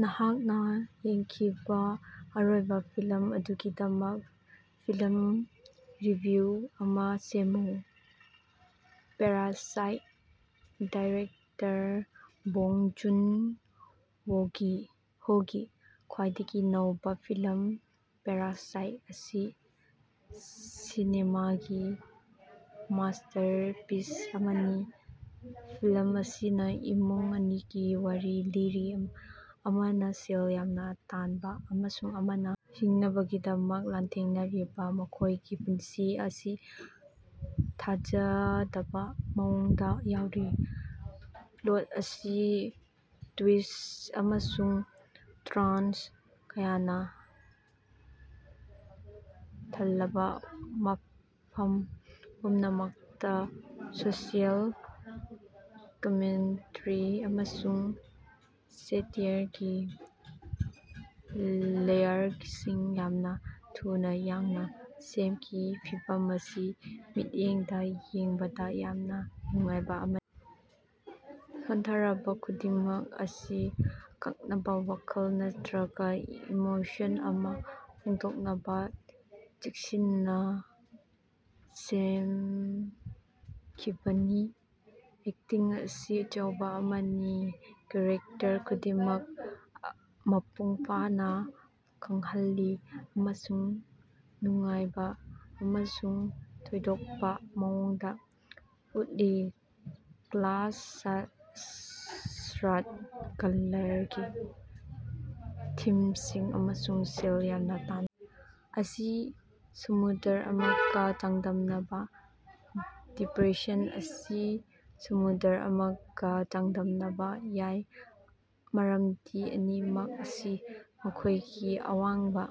ꯅꯍꯥꯛꯅꯥ ꯌꯦꯡꯈꯤꯕꯥ ꯑꯔꯣꯏꯕꯥ ꯐꯤꯂꯝ ꯑꯗꯨꯒꯤꯗꯃꯛ ꯐꯤꯂꯝ ꯔꯤꯚꯤꯌꯨ ꯑꯃꯥ ꯁꯦꯝꯃꯨ꯫ ꯄꯦꯔꯥꯁꯥꯏꯠ꯫ ꯗꯥꯏꯔꯦꯛꯇꯔ ꯕꯣꯡ ꯖꯨꯟ-ꯍꯣꯒꯤ ꯈ꯭ꯋꯥꯏꯗꯒꯤ ꯅꯧꯕꯥ ꯐꯤꯂꯝ ꯄꯦꯔꯥꯁꯥꯏꯠ ꯑꯁꯤ ꯁꯤꯅꯦꯃꯥꯒꯤ ꯃꯥꯁ꯭ꯇꯔꯄꯤꯁ ꯑꯃꯅꯤ꯫ ꯐꯤꯂꯝ ꯑꯁꯤꯅ ꯏꯃꯨꯡ ꯑꯅꯤꯒꯤ ꯋꯥꯔꯤ ꯂꯤꯔꯤ ꯑꯃꯅ ꯁꯦꯜ ꯌꯥꯝꯅ ꯇꯥꯟꯕ ꯑꯃꯁꯨꯡ ꯑꯃꯅ ꯍꯤꯡꯅꯕꯒꯤꯗꯃꯛ ꯂꯥꯟꯊꯦꯡꯅꯔꯤꯕ ꯃꯈꯣꯢꯒꯤ ꯄꯨꯟꯁꯤ ꯑꯁꯤ ꯊꯥꯖꯗꯕ ꯃꯑꯣꯡꯗ ꯌꯥꯎꯔꯤ꯫ ꯄ꯭ꯂꯣꯠ ꯑꯁꯤ ꯇ꯭ꯌꯨꯏꯁ ꯑꯃꯁꯨꯡ ꯇꯔꯟ ꯀꯌꯥꯅ ꯊꯜꯂꯕ ꯃꯐꯝ ꯄꯨꯝꯅꯃꯛꯇ ꯁꯣꯁꯤꯌꯦꯜ ꯀꯃꯦꯟꯇꯔꯤ ꯑꯃꯁꯨꯡ ꯁꯦꯇꯤꯌꯔꯒꯤ ꯂꯦꯌꯔꯁꯤꯡ ꯌꯥꯝꯅꯥ ꯊꯨꯅꯥ ꯌꯥꯡꯅꯥ ꯁꯦꯝꯈꯤ꯫ ꯐꯤꯂꯝ ꯑꯁꯤ ꯃꯤꯠꯌꯦꯡꯗ ꯌꯦꯡꯕꯗ ꯌꯥꯝꯅ ꯅꯨꯡꯉꯥꯏꯕ ꯑꯃꯅꯤ ꯁꯣꯠꯊꯔꯕ ꯈꯨꯗꯤꯡꯃꯛ ꯑꯁꯤ ꯑꯀꯛꯅꯕ ꯋꯥꯈꯜ ꯅꯠꯇ꯭ꯔꯒ ꯏꯃꯣꯁꯟ ꯑꯃ ꯐꯣꯡꯗꯣꯛꯅꯕ ꯆꯦꯛꯁꯤꯟꯅꯥ ꯁꯦꯝꯈꯤꯕꯅꯤ꯫ ꯑꯦꯛꯇꯤꯡ ꯑꯁꯤ ꯑꯆꯧꯕꯥ ꯑꯃꯅꯤ ꯀꯦꯔꯦꯛꯇꯔ ꯈꯨꯗꯤꯡꯃꯛ ꯃꯄꯨꯡ ꯐꯥꯅ ꯈꯪꯍꯜꯂꯤ ꯑꯃꯁꯨꯡ ꯅꯨꯡꯉꯥꯏꯕ ꯑꯃꯁꯨꯡ ꯊꯣꯏꯗꯣꯛꯄ ꯃꯑꯣꯡꯗ ꯎꯠꯂꯤ꯫ ꯀ꯭ꯂꯥꯁ ꯁ꯭ꯠꯔꯒꯂꯒꯤ ꯊꯤꯝꯁꯤꯡ ꯑꯃꯁꯨꯡ ꯁꯦꯜ ꯌꯥꯝꯅ ꯇꯥꯟꯕꯥ ꯑꯁꯤ ꯁꯃꯨꯗ꯭ꯔ ꯑꯃꯒ ꯆꯥꯡꯗꯝꯅꯕꯥ꯫ ꯗꯤꯄ꯭ꯔꯦꯁꯟ ꯑꯁꯤ ꯁꯃꯨꯗ꯭ꯔ ꯑꯃꯒ ꯆꯥꯡꯗꯝꯅꯕꯥ ꯌꯥꯏ ꯃꯔꯝꯗꯤ ꯑꯅꯤꯃꯛ ꯑꯁꯤ ꯃꯈꯣꯢꯒꯤ ꯑꯋꯥꯡꯕꯥ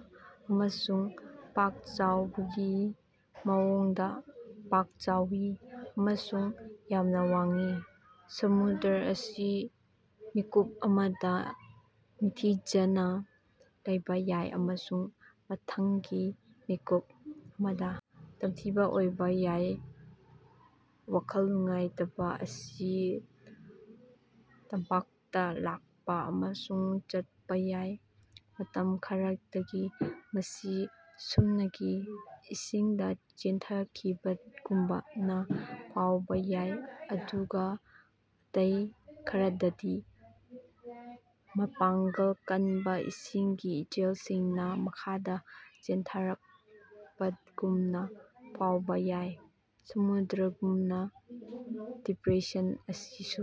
ꯑꯃꯁꯨꯡ ꯄꯥꯛ-ꯆꯥꯎꯕꯒꯤ ꯃꯑꯣꯡꯗ ꯄꯥꯛ-ꯆꯥꯎꯏ ꯑꯃꯁꯨꯡ ꯌꯥꯝꯅꯥ ꯋꯥꯡꯏ꯫ ꯁꯃꯨꯗ꯭ꯔ ꯑꯁꯤ ꯃꯤꯀꯨꯞ ꯑꯃꯗ ꯅꯤꯡꯊꯤꯖꯅ ꯂꯩꯕꯥ ꯌꯥꯏ ꯑꯃꯁꯨꯡ ꯃꯊꯪꯒꯤ ꯃꯤꯀꯨꯞ ꯑꯃꯗꯥ ꯇꯝꯊꯤꯕ ꯑꯣꯏꯕꯥ ꯌꯥꯏ ꯋꯥꯈꯜ ꯅꯨꯡꯉꯥꯏꯇꯕ ꯑꯁꯤ ꯇꯝꯄꯥꯛꯇ ꯂꯥꯛꯄ ꯑꯃꯁꯨꯡ ꯆꯠꯄꯥ ꯌꯥꯏ꯫ ꯃꯇꯝ ꯈꯔꯗꯗꯤ ꯃꯁꯤ ꯁꯨꯞꯅꯒꯤ ꯏꯁꯤꯡꯗ ꯆꯦꯟꯊꯈꯤꯕꯒꯨꯝꯅ ꯐꯥꯎꯕ ꯌꯥꯏ ꯑꯗꯨꯒ ꯑꯇꯩ ꯈꯔꯗꯗꯤ ꯃꯄꯥꯡꯒꯜ ꯀꯟꯕ ꯏꯁꯤꯡꯒꯤ ꯏꯆꯦꯜꯁꯤꯡꯅ ꯃꯈꯥꯗ ꯆꯦꯟꯊꯔꯛꯄꯒꯨꯝꯅ ꯐꯥꯎꯕ ꯌꯥꯏ꯫ ꯁꯃꯨꯗ꯭ꯔꯒꯨꯝꯅ ꯗꯤꯄ꯭ꯔꯦꯁꯟ ꯑꯁꯤꯁꯨ